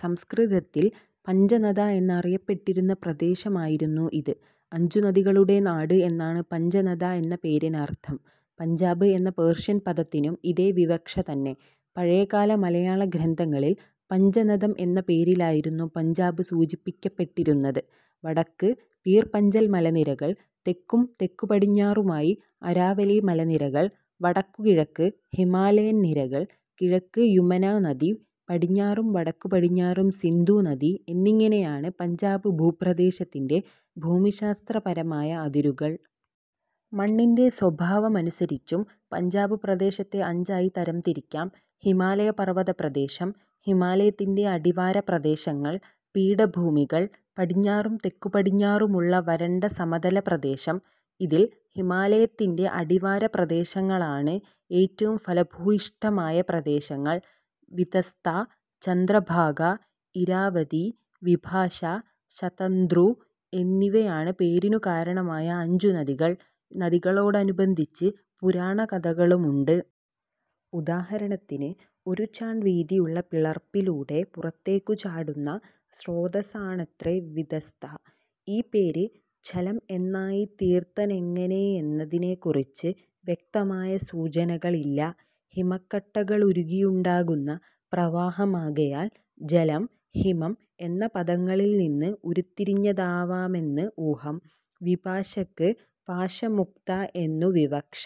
സംസ്കൃതത്തിൽ പഞ്ചനദഃ എന്നറിയപ്പെട്ടിരുന്ന പ്രദേശമായിരുന്നു ഇത്. അഞ്ചു നദികളുടെ നാട് എന്നാണ് പഞ്ചനദഃ എന്ന പേരിനർഥം. പഞ്ചാബ് എന്ന പേർഷ്യൻ പദത്തിനും ഇതേ വിവക്ഷ തന്നെ. പഴയകാല മലയാള ഗ്രന്ഥങ്ങളിൽ പഞ്ചനദം എന്നപേരിലായിരുന്നു പഞ്ചാബ് സൂചിപ്പിക്കപ്പെട്ടിരുന്നത്. വടക്ക് പീർ-പഞ്ചൽ മലനിരകൾ, തെക്കും തെക്കു പടിഞ്ഞാറുമായി അരാവലി മലനിരകൾ, വടക്കുകിഴക്ക് ഹിമാലയൻ നിരകൾ, കിഴക്ക് യുമനാനദി പടിഞ്ഞാറും വടക്കു പടിഞ്ഞാറും സിന്ധു നദി എന്നിങ്ങനെയാണ് പഞ്ചാബ് ഭൂപ്രദേശത്തിന്റെ ഭൂമിശാസ്ത്രപരമായ അതിരുകൾ.,. മണ്ണിന്റെ സ്വഭാവമനുസരിച്ചും പഞ്ചാബ് പ്രദേശത്തെ അഞ്ചായി തരംതിരിക്കാം. ഹിമാലയ പർവതപ്രദേശം, ഹിമാലയത്തിന്റെ അടിവാരപ്രദേശങ്ങൾ, പീഠഭൂമികൾ, പടിഞ്ഞാറും തെക്കു പടിഞ്ഞാറുമുള്ള വരണ്ട സമതല പ്രദേശം. ഇതിൽ ഹിമാലയത്തിന്റെ അടിവാരപ്രദേശങ്ങളാണ് ഏറ്റവും ഫലഭൂയിഷ്ഠമായ പ്രദേശങ്ങൾ. വിതസ്താ, ചന്ദ്രഭാഗാ, ഇരാവതീ, വിപാശാ, ശതദ്രുഃ എന്നിവയാണ് പേരിനു കാരണമായ അഞ്ചുനദികൾ. നദികളോടനുബന്ധിച്ച് പുരാണകഥകളുമുണ്ട്. ഉദാഹരണത്തിന് ഒരു ചാൺ വീതിയുള്ള പിളർപ്പിലൂടെ പുറത്തേക്കു ചാടുന്ന സ്രോതസ്സാണത്രെ വിതസ്ത. ഈ പേര് ഝലം എന്നായിത്തീർത്തനെങ്ങനെയെന്നതിനെക്കുറിച്ച് വ്യക്തമായ സൂചനകളില്ല. ഹിമക്കട്ടകളുരുകിയുണ്ടാകുന്ന പ്രവാഹമാകയാൽ ജലം, ഹിമം എന്ന പദങ്ങളിൽ നിന്ന് ഉരുത്തിരിഞ്ഞതാവാമെന്ന് ഊഹം. വിപാശക്ക് പാശമുക്ത എന്നു വിവക്ഷ.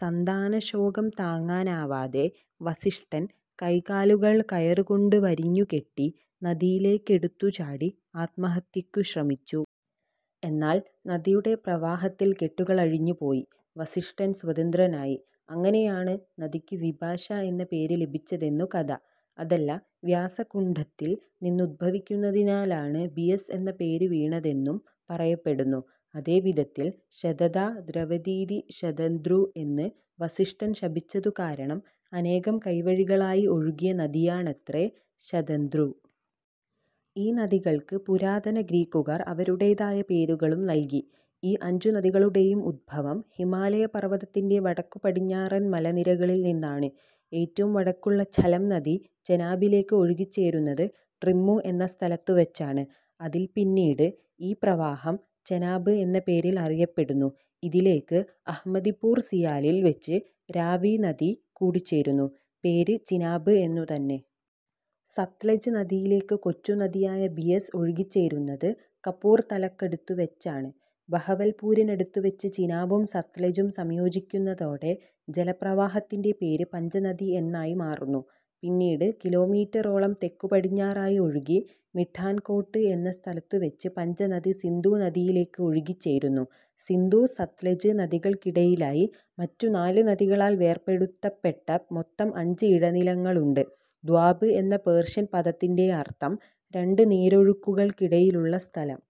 സന്താനശോകം താങ്ങാനാവാതെ വസിഷ്ഠൻ കൈകാലുകൾ കയറു കൊണ്ട് വരിഞ്ഞുകെട്ടി നദിയിലേക്കെടുത്തു ചാടി ആത്മഹത്യക്കു ശ്രമിച്ചു. എന്നാൽ നദിയുടെ പ്രവാഹത്തിൽ കെട്ടുകളഴിഞ്ഞു പോയി, വസിഷ്ഠൻ സ്വതന്ത്രനായി. അങ്ങനെയാണ് നദിക്കു വിപാശാ എന്ന പേര് ലഭിച്ചതെന്നു കഥ. അതല്ല വ്യാസകുണ്ഡത്തിൽ നിന്നുദ്ഭവിക്കുന്നതിനാലാണ് ബിയസ് എന്ന പേരു വീണതെന്നും പറയപ്പെടുന്നു. അതേവിധത്തിൽ ശതദാ ദ്രവതീതി ശതദ്രുഃ എന്ന് വസ്ഷ്ഠൻ ശപിച്ചതു കാരണം അനേകം കൈവഴികളായി ഒഴുകിയ നദിയാണത്രെ ശതദ്രു. ഈ നദികൾക്ക് പുരാതന ഗ്രീക്കുകാർ അവരുടേതായ പേരുകളും നല്കി. ഈ അഞ്ചു നദികളുടേയും ഉദ്ഭവം ഹിമാലയ പർവതത്തിന്റെ വടക്കുപടിഞ്ഞാറൻ മലനിരകളിൽ നിന്നാണ്. ഏറ്റവും വടക്കുള്ള ഝലം നദി ചെനാബിലേക്ക് ഒഴുകുച്ചേരുന്നത് ട്രിമ്മു എന്ന സ്ഥലത്തുവെച്ചാണ്. അതില്പിന്നീട് ഈ പ്രവാഹം ചെനാബ് എന്ന പേരിൽ അറിയപ്പെടുന്നു. ഇതിലേക്ക് അഹ്മദിപൂർ സിയാലിൽ വെച്ച് രാവി നദി കൂടിച്ചേരുന്നു, പേര് ചിനാബ് എന്നു തന്നെ. സത്ലജ് നദിയിലേക്ക് കൊച്ചു നദിയായ ബിയസ് ഒഴുകിച്ചേരുന്നത് കപൂർതലക്കടുത്തു വെച്ചാണ്. ബഹവൽപൂരിനടുത്തു വെച്ച് ചിനാബും സത്ലജും സംയോജിക്കുന്നതോടെ ജലപ്രവാഹത്തിന്റെ പേര് പഞ്ചനദിഎന്നായി മാറുന്നു. പിന്നീട് കിലോമീറ്ററോളം തെക്കു പടിഞ്ഞാറായി ഒഴുകി മിഠാൻകോട്ട് എന്ന സ്ഥലത്തുവെച്ച് പഞ്ചനദി, സിന്ധുനദിയിലേക്ക് ഒഴുകിച്ചേരുന്നു. സിന്ധു-സത്ലജ് നദികൾക്കിടയിലായി മറ്റു നാലുനദികളാൽ വേർപെടുത്തപ്പെട്ട മൊത്തം അഞ്ച് ഇടനിലങ്ങളുണ്ട്. ദ്വാബ് എന്ന പേർഷ്യൻ പദത്തിന്റെയർഥം രണ്ട് നീരൊഴുക്കുകൾക്കിടയിലുള്ള സ്ഥലം